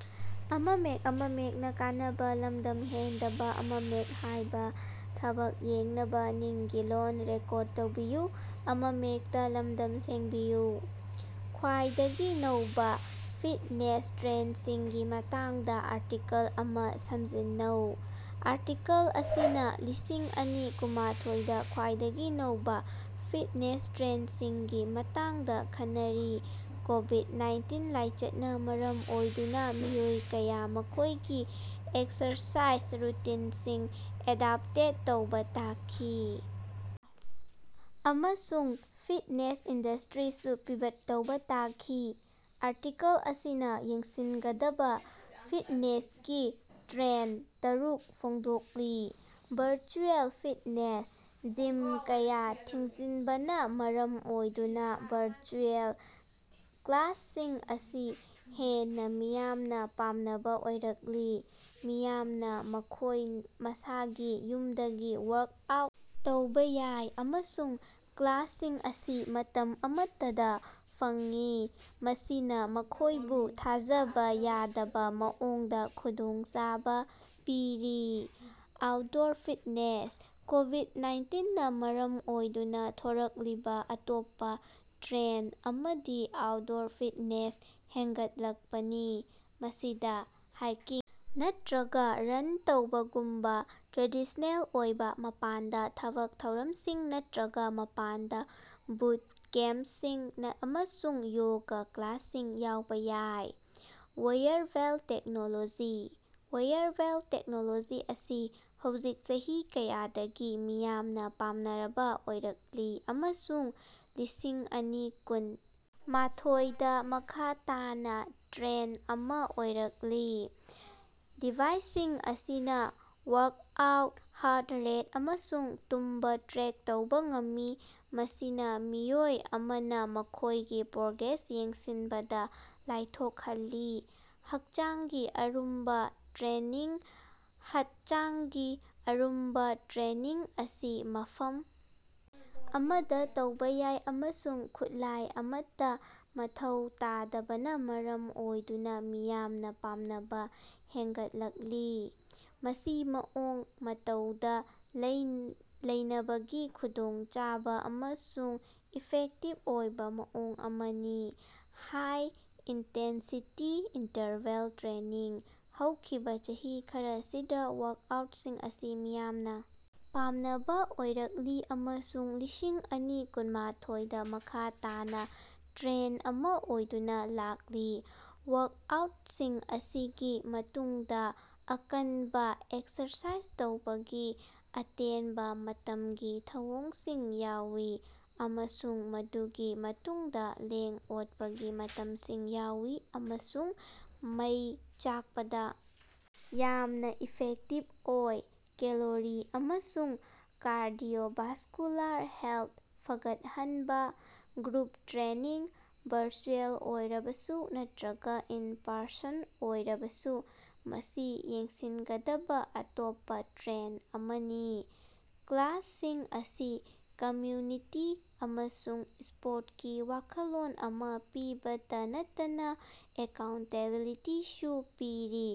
ꯈ꯭ꯋꯥꯏꯗꯒꯤ ꯅꯧꯕ ꯐꯤꯠꯅꯦꯁ ꯇ꯭ꯔꯦꯟꯗꯁꯤꯡꯒꯤ ꯃꯇꯥꯡꯗ ꯑꯥꯔꯇꯤꯀꯦꯜ ꯑꯃ ꯁꯝꯖꯤꯟꯅꯧ꯫ ꯑꯥꯔꯇꯤꯀꯜ ꯑꯁꯤꯅ ꯂꯤꯁꯤꯡ ꯑꯅꯤ ꯀꯨꯟ ꯃꯥꯊꯣꯏ ꯗꯥ ꯈ꯭ꯋꯥꯏꯗꯒꯤ ꯅꯧꯕ ꯐꯤꯠꯅꯦꯁ ꯇ꯭ꯔꯦꯟꯗꯁꯤꯡꯒꯤ ꯃꯇꯥꯡꯗ ꯈꯟꯅꯔꯤ, ꯀꯣꯕꯤꯗ-ꯅꯥꯏꯟꯇꯤꯟ ꯂꯥꯏꯆꯠꯅ ꯃꯔꯝ ꯑꯣꯏꯗꯨꯅ ꯃꯤꯑꯣꯏ ꯀꯌꯥꯅ ꯃꯈꯣꯏꯒꯤ ꯑꯦꯛꯁꯔꯁꯥꯏꯖ ꯔꯨꯇꯤꯟꯁꯤꯡ ꯑꯦꯗꯞꯇꯦꯠ ꯇꯧꯕ ꯇꯥꯈꯤ ꯑꯃꯁꯨꯡ ꯐꯤꯠꯅꯦꯁ ꯏꯟꯗꯁꯇ꯭ꯔꯤꯁꯨ ꯄꯤꯚꯠ ꯇꯧꯕ ꯇꯥꯈꯤ꯫ ꯑꯥꯔꯇꯤꯀꯜ ꯑꯁꯤꯅ ꯌꯦꯡꯁꯤꯟꯒꯗꯕ ꯐꯤꯠꯅꯦꯁꯀꯤ ꯇ꯭ꯔꯦꯟꯗ ꯇꯔꯨꯛ ꯐꯣꯡꯗꯣꯛꯂꯤ - ꯚꯔꯆꯨꯑꯦꯜ ꯐꯤꯠꯅꯦꯁ -ꯖꯤꯝ ꯀꯌꯥ ꯊꯤꯡꯖꯤꯟꯕꯅ ꯃꯔꯝ ꯑꯣꯏꯗꯨꯅ ꯚꯔꯆꯨꯑꯦꯜ ꯀ꯭ꯂꯥꯁꯁꯤꯡ ꯑꯁꯤ ꯍꯦꯟꯅ ꯃꯤꯌꯥꯝꯅ ꯄꯥꯝꯅꯕ ꯑꯣꯏꯔꯛꯂꯤ꯫ ꯃꯤꯌꯥꯝꯅ ꯃꯈꯣꯏ ꯃꯁꯥꯒꯤ ꯌꯨꯝꯗꯒꯤ ꯋꯥ꯭ꯔꯛꯑꯥꯎꯠ ꯇꯧꯕ ꯌꯥꯏ, ꯑꯃꯁꯨꯡ ꯀ꯭ꯂꯥꯁꯁꯤꯡ ꯑꯁꯤ ꯃꯇꯝ ꯑꯃꯠꯇꯗ ꯐꯪꯏ, ꯃꯁꯤꯅ ꯃꯈꯣꯏꯕꯨ ꯊꯥꯖꯕ ꯌꯥꯗꯕ ꯃꯑꯣꯡꯗ ꯈꯨꯗꯣꯡꯆꯥꯕ ꯄꯤꯔꯤ꯫ ꯑꯥ꯭ꯎꯠꯗꯣꯔ ꯐꯤꯠꯅꯦꯁ - ꯀꯣꯕꯤꯗ - ꯅꯥꯏꯟꯇꯤꯟ ꯅꯥ ꯃꯔꯝ ꯑꯣꯏꯗꯨꯅ ꯊꯣꯔꯛꯂꯤꯕ ꯑꯇꯣꯞꯄ ꯇ꯭ꯔꯦꯟꯗ ꯑꯃꯗꯤ ꯑꯥ꯭ꯎꯠꯗꯣꯔ ꯐꯤꯠꯅꯦꯁ ꯍꯦꯟꯒꯠꯂꯛꯄꯅꯤ꯫ ꯃꯁꯤꯗ ꯍꯥꯏꯀꯤꯡ ꯅꯠꯇꯔꯒ ꯔꯟ ꯇꯧꯕꯒꯨꯝꯕ ꯇ꯭ꯔꯦꯗꯤꯁ꯭ꯅꯦꯜ ꯑꯣꯏꯕ ꯃꯄꯥꯟꯗ ꯊꯕꯛ ꯊꯧꯔꯝꯁꯤꯡ, ꯅꯠꯇꯔꯒ ꯃꯄꯥꯟꯗ ꯕꯨꯠ ꯀꯦꯝꯄꯁꯤꯡ ꯑꯃꯁꯨꯡ ꯌꯣꯒ ꯀ꯭ꯂꯥꯁꯁꯤꯡ ꯌꯥꯎꯕ ꯌꯥꯏ꯫ ꯋꯦꯌꯔꯕꯦꯜ ꯇꯦꯛꯅꯣꯂꯣꯖꯤ - ꯋꯦꯌꯔꯑꯦꯕꯜ ꯇꯦꯛꯅꯣꯂꯣꯖꯤ ꯑꯁꯤ ꯍꯧꯖꯤꯛ ꯆꯍꯤ ꯀꯌꯥꯗꯒꯤ ꯃꯤꯌꯥꯝꯅ ꯄꯥꯝꯅꯕꯥꫪ ꯑꯣꯏꯔꯛꯂꯤ ꯑꯃꯁꯨꯡ ꯂꯤꯁꯤꯡ ꯑꯅꯤ ꯀꯨꯟ ꯃꯥꯊꯣꯏ ꯗꯥ ꯃꯈꯥ ꯇꯥꯅ ꯇ꯭ꯔꯦꯟꯗ ꯑꯃ ꯑꯣꯏꯔꯛꯂꯤ, ꯗꯤꯚꯥꯏꯁꯁꯤꯡ ꯑꯁꯤꯅ ꯋꯥ‍꯭ꯔꯛꯑꯥꯎꯠ, ꯍꯥ꯭ꯔꯠ ꯔꯦꯠ, ꯑꯃꯁꯨꯡ ꯇꯨꯝꯕ ꯇ꯭ꯔꯦꯛ ꯇꯧꯕ ꯉꯝꯃꯤ, ꯃꯁꯤꯅ ꯃꯤꯑꯣꯏ ꯑꯃꯅ ꯃꯈꯣꯏꯒꯤ ꯄ꯭ꯔꯣꯒ꯭ꯔꯦꯁ ꯌꯦꯡꯁꯤꯟꯕꯗ ꯂꯥꯏꯊꯣꯛꯍꯜꯂꯤ꯫ ꯍꯛꯆꯥꯡꯒꯤ ꯑꯔꯨꯝꯕ ꯇ꯭ꯔꯦꯅꯤꯡ - ꯍꯠꯆꯥꯡꯒꯤ ꯑꯔꯨꯝꯕ ꯇ꯭ꯔꯦꯅꯤꯡ ꯑꯁꯤ ꯃꯐꯝ ꯑꯃꯗ ꯇꯧꯕ ꯌꯥꯏ ꯑꯃꯁꯨꯡ ꯈꯨꯠꯂꯥꯏ ꯑꯃꯠꯇ ꯃꯊꯧ ꯇꯥꯗꯕꯅꯥ ꯃꯔꯝ ꯑꯣꯏꯗꯨꯅ ꯃꯤꯌꯥꯝꯅ ꯄꯥꯝꯅꯕ ꯍꯦꯟꯒꯠꯂꯛꯂꯤ꯫ ꯃꯁꯤ ꯃꯑꯣꯡ ꯃꯇꯧꯗ ꯂꯩꯅꯕꯒꯤ ꯈꯨꯗꯣꯡꯆꯥꯕ ꯑꯃꯁꯨꯡ ꯏꯐꯦꯛꯇꯤꯕ ꯑꯣꯏꯕ ꯃꯑꯣꯡ ꯑꯃꯅꯤ꯫ ꯍꯥꯏ-ꯏꯟꯇꯦꯟꯁꯤꯇꯤ ꯏꯟꯇꯔꯚꯜ ꯇ꯭ꯔꯦꯅꯤꯡ - ꯍꯧꯈꯤꯕ ꯆꯍꯤ ꯈꯔꯁꯤꯗ ꯋꯥ꯭ꯔꯛꯑꯥ꯭ꯎꯠꯁꯤꯡ ꯑꯁꯤ ꯃꯤꯌꯥꯝꯅ ꯄꯥꯝꯅꯕ ꯑꯣꯏꯔꯛꯂꯤ ꯑꯃꯁꯨꯡ ꯂꯤꯁꯤꯡ ꯑꯅꯤ ꯀꯨꯟ ꯃꯥꯊꯣꯏ ꯗꯥ ꯃꯈꯥ ꯇꯥꯅ ꯇ꯭ꯔꯦꯟꯗ ꯑꯃ ꯑꯣꯏꯗꯨꯅ ꯂꯥꯛꯂꯤ, ꯋꯥ꯭ꯔꯛꯑꯥ꯭ꯎꯠꯁꯤꯡ ꯑꯁꯤꯒꯤ ꯃꯇꯨꯡꯗ ꯑꯀꯟꯕ ꯑꯦꯛꯁꯔꯁꯥꯏꯖ ꯇꯧꯕꯒꯤ ꯑꯇꯦꯟꯕ ꯃꯇꯝꯒꯤ ꯊꯧꯑꯣꯡꯁꯤꯡ ꯌꯥꯎꯏ, ꯑꯃꯁꯨꯡ ꯃꯗꯨꯒꯤ ꯃꯇꯨꯡꯗ ꯂꯦꯡ-ꯑꯣꯠꯄꯒꯤ ꯃꯇꯝꯁꯤꯡ ꯌꯥꯎꯏ, ꯑꯃꯁꯨꯡ ꯃꯩ ꯆꯥꯛꯄꯗ ꯌꯥꯝꯅ ꯏꯐꯦꯛꯇꯤꯚ ꯑꯣꯏ꯫ ꯀꯦꯂꯣꯔꯤ ꯑꯃꯁꯨꯡ ꯀꯥꯔꯗꯤꯑꯣꯚꯥꯁꯀꯨꯂꯥꯔ ꯍꯦꯜꯊ ꯐꯒꯠꯍꯟꯕ- ꯒ꯭ꯔꯨꯞ ꯇ꯭ꯔꯦꯅꯤꯡ, ꯚꯔꯆꯨꯑꯦꯜ ꯑꯣꯏꯔꯕꯁꯨ ꯅꯠꯇꯔꯒ ꯏꯟ-ꯄꯔꯁꯟ ꯑꯣꯏꯔꯕꯁꯨ, ꯃꯁꯤ ꯌꯦꯡꯁꯤꯟꯒꯗꯕ ꯑꯇꯣꯞꯄ ꯇ꯭ꯔꯦꯟꯗ ꯑꯃꯅꯤ꯫ ꯀ꯭ꯂꯥꯁꯁꯤꯡ ꯑꯁꯤꯅ ꯀꯝꯃ꯭ꯌꯨꯅꯤꯇꯤ ꯑꯃꯁꯨꯡ ꯁꯄꯣꯔꯇꯀꯤ ꯋꯥꯈꯜꯂꯣꯟ ꯑꯃ ꯄꯤꯕꯇ ꯅꯠꯇꯅꯥ ꯑꯦꯀꯥꯎꯟꯇꯦꯕꯤꯂꯤꯇꯤꯁꯨ ꯄꯤꯔꯤ,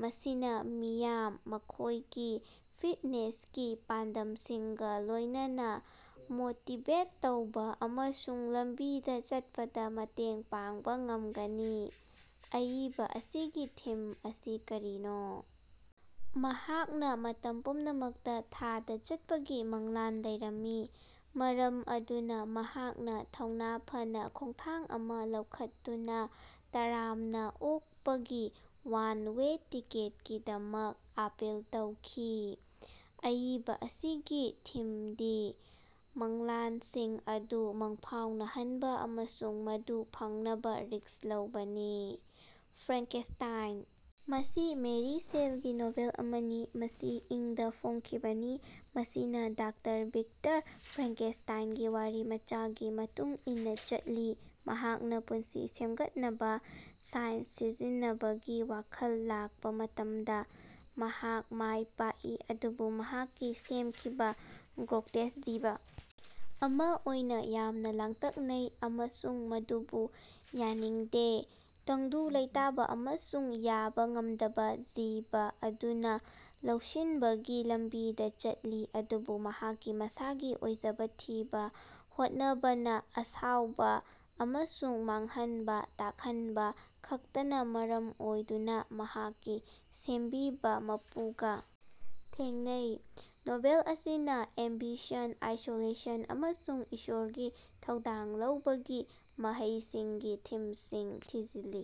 ꯃꯁꯤꯅ ꯃꯤꯌꯥꯝ ꯃꯈꯣꯏꯒꯤ ꯐꯤꯠꯅꯦꯁꯀꯤ ꯄꯥꯟꯗꯝꯁꯤꯡꯒ ꯂꯣꯏꯅꯅꯥ ꯃꯣꯇꯤꯕꯦꯠ ꯇꯧꯕ ꯑꯃꯁꯨꯡ ꯂꯝꯕꯤꯗ ꯆꯠꯄꯗ ꯃꯇꯦꯡ ꯄꯥꯡꯕ ꯉꯝꯒꯅꯤ꯫ ꯑꯏꯕ ꯑꯁꯤꯒꯤ ꯊꯤꯝ ꯑꯁꯤ ꯀꯔꯤꯅꯣ? ꯃꯍꯥꯛꯅ ꯃꯇꯝ ꯄꯨꯝꯅꯃꯛꯇ ꯊꯥꯗ ꯆꯠꯄꯒꯤ ꯃꯪꯂꯥꯟ ꯂꯩꯔꯝꯃꯤ, ꯃꯔꯝ ꯑꯗꯨꯅ ꯃꯍꯥꯛꯅ ꯊꯧꯅ ꯐꯅꯥ ꯈꯣꯡꯊꯥꯡ ꯑꯃ ꯂꯧꯈꯠꯇꯨꯅꯥ ꯇꯔꯥꯝꯅ ꯑꯣꯛꯄꯒꯤ ꯋꯥꯟ-ꯋꯦ ꯇꯤꯀꯦꯠꯀꯤꯗꯃꯛ ꯑꯦꯞꯂꯥꯏ ꯇꯧꯈꯤ꯫ ꯑꯏꯕ ꯑꯁꯤꯒꯤ ꯊꯤꯝꯗꯤ ꯃꯪꯂꯥꯟꯁꯤꯡ ꯑꯗꯨ ꯃꯪꯐꯥꯎꯅꯍꯟꯕ ꯑꯃꯁꯨꯡ ꯃꯗꯨ ꯐꯪꯅꯕ ꯔꯤꯁ꯭ꯛ ꯂꯧꯕꯅꯤ꯫ ꯐ꯭ꯔꯦꯡꯀꯦꯁ꯭ꯇꯥꯏꯟ ꯃꯁꯤ ꯃꯦꯔꯤ ꯁꯦꯜꯒꯤ ꯅꯣꯚꯦꯜ ꯑꯃꯅꯤ, ꯃꯁꯤ ꯏꯪ ꯗꯥ ꯐꯣꯡꯈꯤꯕꯅꯤ, ꯃꯁꯤꯅ ꯗꯥꯛꯇꯔ ꯚꯤꯛꯇꯔ ꯐ꯭ꯔꯦꯡꯀꯦꯁ꯭ꯇꯥꯏꯟꯒꯤ ꯋꯥꯔꯤꯃꯆꯥꯒꯤ ꯃꯇꯨꯡ ꯏꯟꯅ ꯆꯠꯂꯤ, ꯃꯍꯥꯛꯅ ꯄꯨꯟꯁꯤ ꯁꯦꯝꯒꯠꯅꯕ ꯁꯥꯏꯟꯁ ꯁꯤꯖꯤꯟꯅꯕꯒꯤ ꯋꯥꯈꯜ ꯂꯥꯛꯄ ꯃꯇꯝꯗ꯫ ꯃꯍꯥꯛ ꯃꯥꯏ ꯄꯥꯛꯏ, ꯑꯗꯨꯕꯨ ꯃꯍꯥꯛꯀꯤ ꯁꯦꯝꯈꯤꯕ, ꯒ꯭ꯔꯣꯇꯦꯁ꯭ꯛ ꯖꯤꯕ ꯑꯃ ꯑꯣꯏꯅ ꯌꯥꯝꯅ ꯂꯥꯡꯇꯛꯅꯩ ꯑꯃꯁꯨꯡ ꯃꯗꯨꯕꯨ ꯌꯥꯅꯤꯡꯗꯦ꯫ ꯇꯪꯗꯨ ꯂꯩꯇꯥꯕ ꯑꯃꯁꯨꯡ ꯌꯥꯕ ꯉꯝꯗꯕꯥ ꯖꯤꯕ ꯑꯗꯨꯅ ꯂꯧꯁꯤꯟꯕꯒꯤ ꯂꯝꯕꯤꯗ ꯆꯠꯂꯤ ꯑꯗꯨꯕꯨ ꯃꯍꯥꯛꯀꯤ ꯃꯁꯥꯒꯤ ꯑꯣꯏꯖꯕ ꯊꯤꯕ ꯍꯣꯠꯅꯕꯅꯥ ꯑꯁꯥꯎꯕ ꯑꯃꯁꯨꯡ ꯃꯥꯡꯍꯟ ꯇꯥꯛꯍꯟꯕ ꯈꯛꯇꯅꯥ ꯃꯔꯝ ꯑꯣꯏꯗꯨꯅ ꯃꯍꯥꯛꯀꯤ ꯁꯦꯝꯕꯤꯕ ꯃꯄꯨꯒ ꯊꯦꯡꯅꯩ꯫ ꯅꯣꯚꯦꯜ ꯑꯁꯤꯅ ꯑꯦꯝꯕꯤꯁꯟ, ꯑꯥꯏꯁꯣꯂꯦꯁꯟ ꯑꯃꯁꯨꯡ ꯏꯁꯣꯔꯒꯤ ꯊꯧꯗꯥꯡ ꯂꯧꯕꯒꯤ ꯃꯍꯩꯁꯤꯡꯒꯤ ꯊꯤꯝꯁꯤꯡ ꯊꯤꯖꯤꯜꯂꯤ꯫